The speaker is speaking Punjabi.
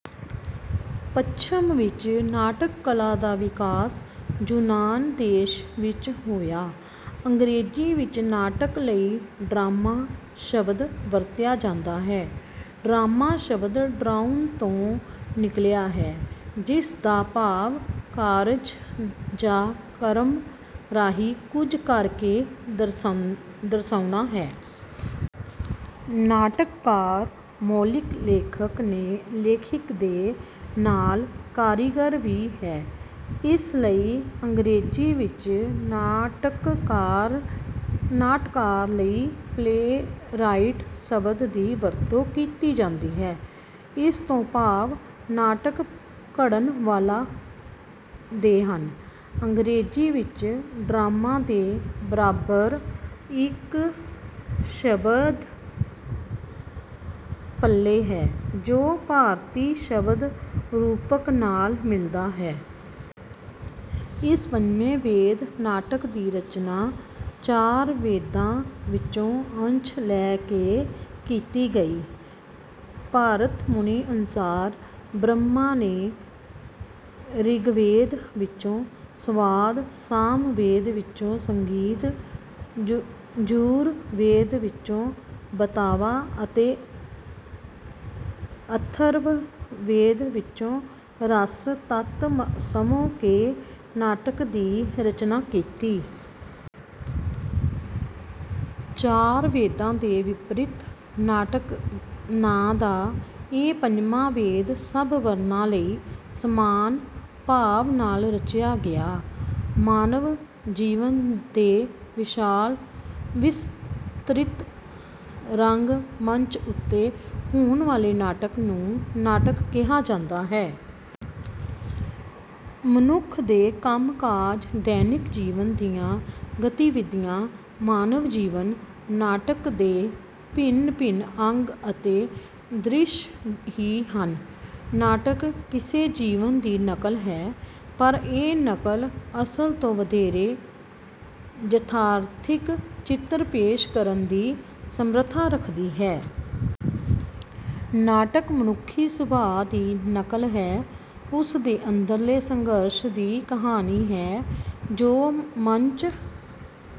ਪੱਛਮ ਵਿੱਚ ਨਾਟਕ ਕਲਾ ਦਾ ਵਿਕਾਸ ਯੂਨਾਨ ਦੇਸ਼ ਵਿੱਚ ਹੋਇਆ। ਅੰਗਰੇਜ਼ੀ ਵਿੱਚ ਨਾਟਕ ਲਈ ਡਰਾਮਾ ਸ਼ਬਦ ਵਰਤਿਆ ਜਾਂਦਾ ਹੈ। ਡਰਾਮਾ ਸ਼ਬਦ ਡਰਾਓ ਤੋਂ ਨਿਕਲਿਆ ਹੈ, ਜਿਸਦਾ ਭਾਵ ਕਾਰਜ ਜਾਂ ਕਰਮ ਰਾਹੀਂ ਕੁਝ ਕਰ ਕੇ ਦਰਸਾਉਣਾ ਹੈ। ਨਾਟਕਕਾਰ ਮੌਲਿਕ ਲੇਖਕ ਦੇ ਨਾਲ ਕਾਰੀਗਰ ਵੀ ਹੈ। ਇਸੇ ਲਈ ਅੰਗਰੇਜ਼ੀ ਵਿੱਚ ਨਾਟਕਾਰ ਲਈ ਪਲੇਰਾਈਟ ਸ਼ਬਦ ਦੀ ਵਰਤੋਂ ਕੀਤੀ ਜਾਂਦੀ ਹੈ। ਇਸ ਤੋਂ ਭਾਵ ਨਾਟਕ ਘੜਨ ਵਾਲਾ ਦੇ ਹਨ। ਅੰਗਰੇਜ਼ੀ ਵਿੱਚ ਡਰਾਮਾ ਦੇ ਬਰਾਬਰ ਦਾ ਇੱਕ ਸ਼ਬਦ ਪਲੇ ਹੈ, ਜੋ ਭਾਰਤੀ ਸ਼ਬਦ ਰੂਪਕ ਨਾਲ ਮਿਲਦਾ ਹੈ। ਇਸ ਪੰਜਵੇਂ ਵੇਦ ਨਾਟਕ ਦੀ ਰਚਨਾ ਚਾਰ ਵੇਦਾਂ ਵਿੱਚੋਂ ਅੰਸ਼ ਲੈ ਕੇ ਕੀਤੀ ਗਈ। ਭਰਤ ਮੁਨੀ ਅਨੁਸਾਰ ਬ੍ਰਹਮਾ ਨੇ ਰਿਗਵੇਦ ਵਿੱਚੋਂ ਸੰਵਾਦ, ਸਾਮਵੇਦ ਵਿੱਚੋਂ ਸੰਗੀਤ, ਯਜੁਰ ਵੇਦ ਵਿੱਚੋਂ ਬਾਤਾਵਾਂ ਅਤੇ ਅਥਰਵ ਵੇਦ ਵਿੱਚੋਂ ਰਸ ਤੱਤ ਸਮੋ ਕੇ ਨਾਟਕ ਦੀ ਰਚਨਾ ਕੀਤੀ। ਚਾਰ ਵੇਦਾਂ ਦੇ ਵਿਪਰੀਤ ਨਾਟਕ ਨਾਂ ਦਾ ਇਹ ਪੰਜਵਾਂ ਵੇਦ ਸਭ ਵਰਨਾਂ ਲਈ ਸਮਾਨ ਭਾਵ ਨਾਲ ਰਚਿਆ ਗਿਆ। ਮਾਨਵ ਜੀਵਨ ਦੇ ਵਿਸ਼ਾਲ ਵਿਸਤ੍ਰਿਤ ਰੰਗ ਮੰਚ ਉੱਤੇ ਹੋਣ ਵਾਲੇ ਨਾਟਕ ਨੂੰ ਨਾਟਕ ਕਿਹਾ ਜਾਂਦਾ ਹੈ। ਮਨੁੱਖ ਦੇ ਕੰਮ ਕਾਜ, ਦੈਨਿਕ ਜੀਵਨ ਦੀਆਂ ਗਤੀਵਿਧੀਆਂ, ਮਾਨਵ ਜੀਵਨ ਨਾਟਕ ਦੇ ਭਿੰਨ ਭਿੰਨ ਅੰਗ ਅਤੇ ਦ੍ਰਿਸ਼ ਹੀ ਹਨ। ਨਾਟਕ ਕਿਸੇ ਜੀਵਨ ਦੀ ਨਕਲ ਹੈ, ਪਰ ਇਹ ਨਕਲ ਅਸਲ ਤੋਂ ਵਧੇਰੇ ਯਥਾਰਥਿਕ ਚਿੱਤਰ ਪੇਸ਼ ਕਰਨ ਦੀ ਸਮਰੱਥਾ ਰੱਖਦੀ ਹੈ। ਨਾਟਕ ਮਨੁੱਖੀ ਸੁਭਾਅ ਦੀ ਨਕਲ ਹੈ, ਉਸ ਦੇ ਅੰਦਰਲੇ ਸੰਘਰਸ਼ ਦੀ ਕਹਾਣੀ ਹੈ, ਜੋ ਮੰਚ